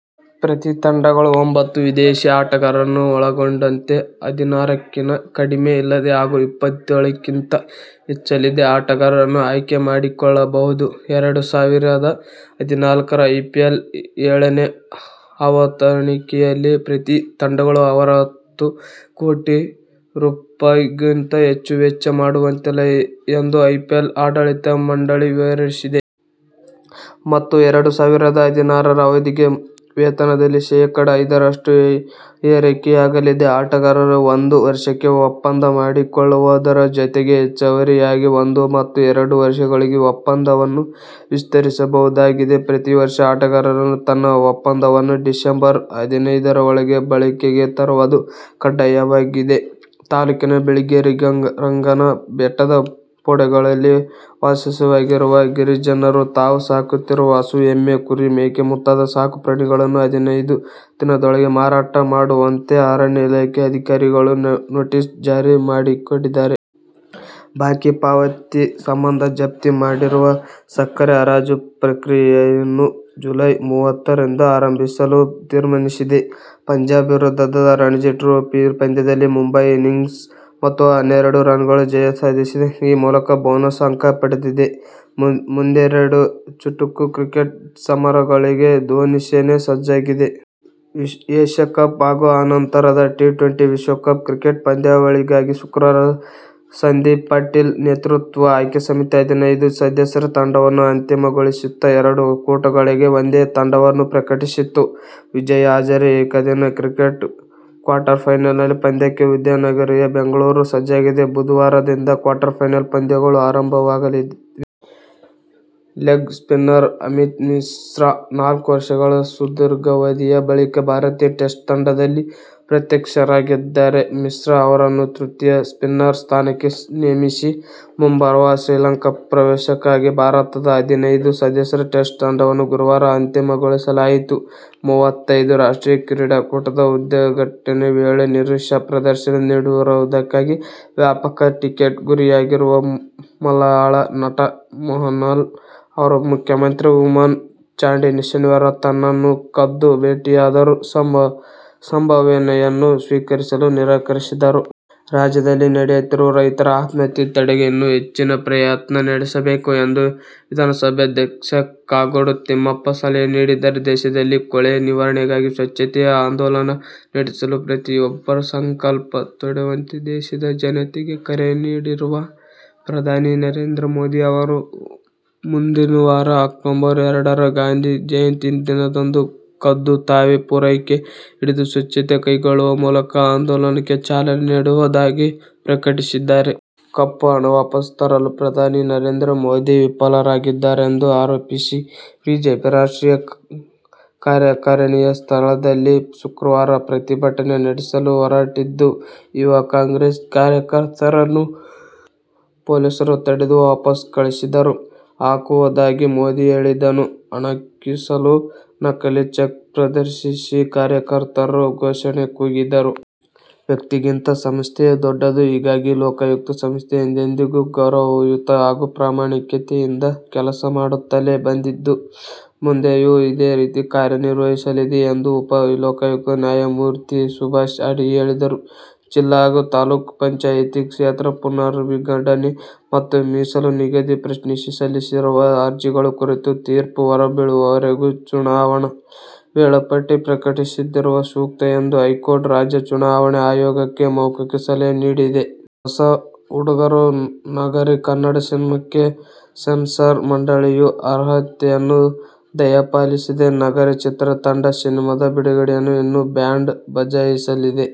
ಪ್ರತಿ ತಂಡಗಳು ಒಂಬತ್ತು ವಿದೇಶೀ ಆಟಗಾರರನ್ನು ಒಳಗೊಂಡಂತೆ ಹದಿನಾರಕ್ಕಿಂತ ಕಡಿಮೆ ಇಲ್ಲದೆ ಹಾಗೂ ಇಪ್ಪತ್ತೇಳಕ್ಕಿಂತ ಹೆಚ್ಚಿಲ್ಲದೆ ಆಟಗಾರರನ್ನು ಆಯ್ಕೆ ಮಾಡಿಕೊಳ್ಳಬಹುದು. ಎರಡು ಸಾವಿರದ ಹದಿನಾಲ್ಕರ ಐಪಿಎಲ್ ಏಳನೇ ಆವತರಣಿಕೆಯಲ್ಲಿ ಪ್ರತಿ ತಂಡಗಳು ಅರವತ್ತು ಕೋಟಿ ರೂಪಾಯಿಗಿಂತ ಹೆಚ್ಚು ವೆಚ್ಚ ಮಾಡುವಂತಿಲ್ಲ ಎಂದು ಐಪಿಎಲ್ ಆಡಳಿತ ಮಂಡಳಿ ವಿವರಿಸಿದೆ. ಮತ್ತು ಎರಡು ಸಾವಿರದ ಹದಿನಾರರ ಅವಧಿಗೆ ವೇತನದಲ್ಲಿ ಶೇಖಡ. ಐದರಷ್ಟು ಏರಕೆಯಾಗಲಿದೆ. ಆಟಗಾರರು ಒಂದು ವರ್ಷಕ್ಕೆ ಒಪ್ಪಂದ ಮಾಡಿಕೊಳ್ಳುವುದರ ಜತೆಗೆ ಹೆಚ್ಚುವರಿಯಾಗಿ ಒಂದು ಮತ್ತು ಎರಡು ವರ್ಷಗಳಿಗೆ ಒಪ್ಪಂದವನ್ನು ವಿಸ್ತರಿಸಬಹುದಾಗಿದೆ. ಪ್ರತಿ ವರ್ಷ ಆಟಗಾರನನ್ನು ತನ್ನ ಒಪ್ಪಂದವನ್ನು ಡಿಸಂಬರ್ ಹದಿನೈದರೊಳಗೆ ಬಳಕೆಗೆ ತರುವುದು ಕಡ್ಡಾಯವಾಗಿದೆ. ತಾಲೂಕಿನ ಬಿಳಿಗಿರಿರಂಗನ ಬೆಟ್ಟದ ಪೋಡುಗಳಲ್ಲಿ ವಾಸವಾಗಿರುವ ಗಿರಿಜನರು ತಾವು ಸಾಕುತ್ತಿರುವ ಹಸು, ಎಮ್ಮೆ, ಕುರಿ, ಮೇಕೆ ಮುಂತಾದ ಸಾಕು ಪ್ರಾಣಿಗಳನ್ನು ಹದಿನೈದು ದಿನದೊಳಗೆ ಮಾರಾಟ ಮಾಡುವಂತೆ ಅರಣ್ಯ ಇಲಾಖೆ ಅಧಿಕಾರಿಗಳು ನೋಟಿಸ್ ಜಾರಿ ಮಾಡಿದ್ದಾರೆ. ಬಾಕಿ ಪಾವತಿ ಸಂಬಂಧ ಜಪ್ತಿ ಮಾಡಿರುವ ಸಕ್ಕರೆ ಹರಾಜು ಪ್ರಕ್ರಿಯೆಯನ್ನು ಜುಲೈ ಮೂವತ್ತರಿಂದ ಆರಂಭಿಸಲು ತೀರ್ಮಾನಿಸಿದೆ. ಪಂಜಾಬ್ ವಿರುದ್ಧದ ರಣಜಿ ಟ್ರೋಫಿ ಪಂದ್ಯದಲ್ಲಿ ಮುಂಬಯಿ ಇನ್ನಿಂಗ್ಸ್ ಮತ್ತು ಹನ್ನೆರಡು ರನ್ನುಗಳ ಜಯ ಸಾಧಿಸಿದೆ. ಈ ಮೂಲಕ ಬೋನಸ್ ಅಂಕ ಪಡೆದಿದೆ. ಮುಂದಿನೆರಡು ಚುಟುಕು ಕ್ರಿಕೆಟ್ ಸಮರಗಳಿಗೆ ಧೋನಿ ಸೇನೆ ಸಜ್ಜಾಗಿದೆ. ಏಶ್ಯ ಕಪ್ ಹಾಗೂ ಅನಂತರದ ಟಿ-ಟ್ವೆಂಟಿ ವಿಶ್ವಕಪ್ ಕ್ರಿಕೆಟ್ ಪಂದ್ಯಾವಳಿಗಾಗಿ ಶುಕ್ರವಾರ ಸಂದೀಪ್ ಪಾಟೀಲ್ ನೇತೃತ್ವದ ಆಯ್ಕೆ ಸಮಿತಿ ಹದಿನೈದು ಸದಸ್ಯರ ತಂಡವನ್ನು ಅಂತಿಮಗೊಳಿಸಿತು. ಎರಡೂ ಕೂಟಗಳಿಗೆ ಒಂದೇ ತಂಡವನ್ನು ಪ್ರಕಟಿಸಿತು. ವಿಜಯ್ ಹಜಾರೆ ಏಕದಿನ ಕ್ರಿಕೆಟ್ ಕ್ವಾರ್ಟರ್ಫೈನಲ್ ಪಂದ್ಯಕ್ಕೆ ಉದ್ಯಾನನಗರಿ ಬೆಂಗಳೂರು ಸಜ್ಜಾಗಿದೆ. ಬುಧವಾರದಿಂದ ಕ್ವಾರ್ಟರ್ಫೈನಲ್ ಪಂದ್ಯಗಳು ಆರಂಭವಾಗಲಿವೆ. ಲೆಗ್ ಸ್ಪಿನ್ನರ್ ಅಮಿತ್ ಮಿಶ್ರಾ ನಾಲ್ಕು ವರ್ಷಗಳ ಸುದೀರ್ಘಾವಧಿಯ ಬಳಿಕ ಭಾರತೀಯ ಟೆಸ್ಟ್ ತಂಡದಲ್ಲಿ ಪ್ರತ್ಯಕ್ಷರಾಗಿದ್ದಾರೆ. ಮಿಶ್ರಾ ಅವರನ್ನು ತೃತೀಯ ಸ್ಪಿನ್ನರ್ ಸ್ಥಾನಕ್ಕೆ ನೇಮಿಸಿ ಮುಂಬರುವ ಶ್ರೀಲಂಕಾ ಪ್ರವಾಸಕ್ಕಾಗಿ ಭಾರತದ ಹದಿನೈದು ಸದಸ್ಯರ ಟೆಸ್ಟ್ ತಂಡವನ್ನು ಗುರುವಾರ ಅಂತಿಮಗೊಳಿಸಲಾಯಿತು. ಮೂವತ್ತೈದನೆ ರಾಷ್ಟ್ರೀಯ ಕ್ರೀಡಾಕೂಟದ ಉದ್ಘಾಟನೆ ವೇಳೆ ನೀರಸ ಪ್ರದರ್ಶನ ನೀಡಿರುವುದಕ್ಕಾಗಿ ವ್ಯಾಪಕ ಟೀಕೆಗೆ ಗುರಿಯಾಗಿರುವ ಮಲಯಾಳ ನಟ ಮೋಹನ್ಲಾಲ್ ಅವರು ಮುಖ್ಯಮಂತ್ರಿ ಊಮ್ಮನ್ ಚಾಂಡಿ ಶನಿವಾರ ತನ್ನನ್ನು ಖುದ್ದು ಭೇಟಿಯಾದರೂ ಸಂಭಾವನೆಯನ್ನು ಸ್ವೀಕರಿಸಲು ನಿರಾಕರಿಸಿದರು. ರಾಜ್ಯದಲ್ಲಿ ನಡೆಯುತ್ತಿರುವ ರೈತರ ಆತ್ಮಹತ್ಯೆ ತಡೆಗೆ ಇನ್ನೂ ಹೆಚ್ಚಿನ ಪ್ರಯತ್ನ ನಡೆಯಬೇಕು ಎಂದು ವಿಧಾನಸಭಾಧ್ಯಕ್ಷ ಕಾಗೋಡು ತಿಮ್ಮಪ್ಪ ಸಲಹೆ ನೀಡಿದ್ದಾರೆ. ದೇಶದಲ್ಲಿನ ಕೊಳೆ ನಿವಾರಣೆಗಾಗಿ ಸ್ವಚ್ಛತೆಯ ಆಂದೋಲನ ನಡೆಸಲು ಪ್ರತಿಯೊಬ್ಬರೂ ಸಂಕಲ್ಪ ತೊಡುವಂತೆ ದೇಶದ ಜನತೆಗೆ ಕರೆ ನೀಡಿರುವ ಪ್ರಧಾನಿ ನರೇಂದ್ರ ಮೋದಿ ಅವರು, ಮುಂದಿನವಾರ ಅಕ್ಟೋಬರ್ ಎರಡರ ಗಾಂಧಿ ಜಯಂತಿ ದಿನದಂದು ಖುದ್ದು ತಾವೇ ಪೊರಕೆ ಹಿಡಿದು ಸ್ವಚ್ಛತೆ ಕೈಗೊಳ್ಳುವ ಮೂಲಕ ಆಂದೋಲನಕ್ಕೆ ಚಾಲನೆ ನೀಡುವುದಾಗಿ ಪ್ರಕಟಿಸಿದ್ದಾರೆ. ಕಪ್ಪು ಹಣ ವಾಪಸ್ ತರಲು ಪ್ರಧಾನಿ ನರೇಂದ್ರ ಮೋದಿ ವಿಫಲರಾಗಿದ್ದಾರೆಂದು ಆರೋಪಿಸಿ ಬಿಜೆಪಿ ರಾಷ್ಟ್ರೀಯ ಕಾರ್ಯಕಾರಿಣಿ ಸ್ಥಳದಲ್ಲಿ ಶುಕ್ರವಾರ ಪ್ರತಿಭಟನೆ ನಡೆಸಲು ಹೊರಟಿದ್ದ ಯುವ ಕಾಂಗ್ರೆಸ್ ಕಾರ್ಯಕರ್ತರನ್ನು ಪೊಲೀಸರು ತಡೆದು ವಾಪಸ್ ಕಳಿಸಿದರು. ಹಾಕುವುದಾಗಿ ಮೋದಿ ಹೇಳಿದ್ದನ್ನು ಅಣಕಿಸಲು ನಕಲಿ ಚೆಕ್ ಪ್ರದರ್ಶಿಸಿ ಕಾರ್ಯಕರ್ತರು ಘೋಷಣೆ ಕೂಗಿದರು. ವ್ಯಕ್ತಿಗಿಂತ ಸಂಸ್ಥೆಯೇ ದೊಡ್ಡದು. ಹೀಗಾಗಿ ಲೋಕಾಯುಕ್ತ ಸಂಸ್ಥೆ ಎಂದೆಂದಿಗೂ ಗೌರವಯುತ ಹಾಗೂ ಪ್ರಾಮಾಣಿಕತೆಯಿಂದ ಕೆಲಸ ಮಾಡುತ್ತಲೇ ಬಂದಿದ್ದು, ಮುಂದೆಯೂ ಇದೇ ರೀತಿ ಕಾರ್ಯ ನಿರ್ವಹಿಸಲಿದೆ ಎಂದು ಉಪ ಲೋಕಾಯುಕ್ತ ನ್ಯಾಯಮೂರ್ತಿ ಸುಭಾಷ್ ಅಡಿ ಹೇಳಿದರು. ಜಿಲ್ಲಾ ಹಾಗೂ ತಾಲೂಕು ಪಂಚಾಯ್ತಿ ಕ್ಷೇತ್ರ ಪುನರ್ವಿಂಗಡಣೆ ಮತ್ತು ಮೀಸಲು ನಿಗದಿ ಪ್ರಶ್ನಿಸಿ ಸಲ್ಲಿಸಿರುವ ಅರ್ಜಿಗಳ ಕುರಿತು ತೀರ್ಪು ಹೊರಬೀಳುವವರೆಗೂ ಚುನಾವಣಾ ವೇಳಾಪಟ್ಟಿ ಪ್ರಕಟಿಸದಿರುವುದು ಸೂಕ್ತ ಎಂದು ಹೈಕೋರ್ಟ್ ರಾಜ್ಯ ಚುನಾವಣಾ ಆಯೋಗಕ್ಕೆ ಮೌಖೀಕ ಸಲಹೆ ನೀಡಿದೆ. ಹೊಸ ಹುಡುಗರ "ನಗಾರಿ' ಕನ್ನಡ ಸಿನಿಮಾಕ್ಕೆ ಸೆನ್ಸಾರ್ ಮಂಡಳಿಯು ಅರ್ಹತೆಯನ್ನು ದಯಪಾಲಿಸಿದೆ. "ನಗಾರಿ' ಚಿತ್ರ ತಂಡ ಸಿನಿಮಾದ ಬಿಡುಗಡೆಗೆ ಇನ್ನೂ ಬ್ಯಾಂಡ್ ಬಜಾಯಿಸಲಿದೆ.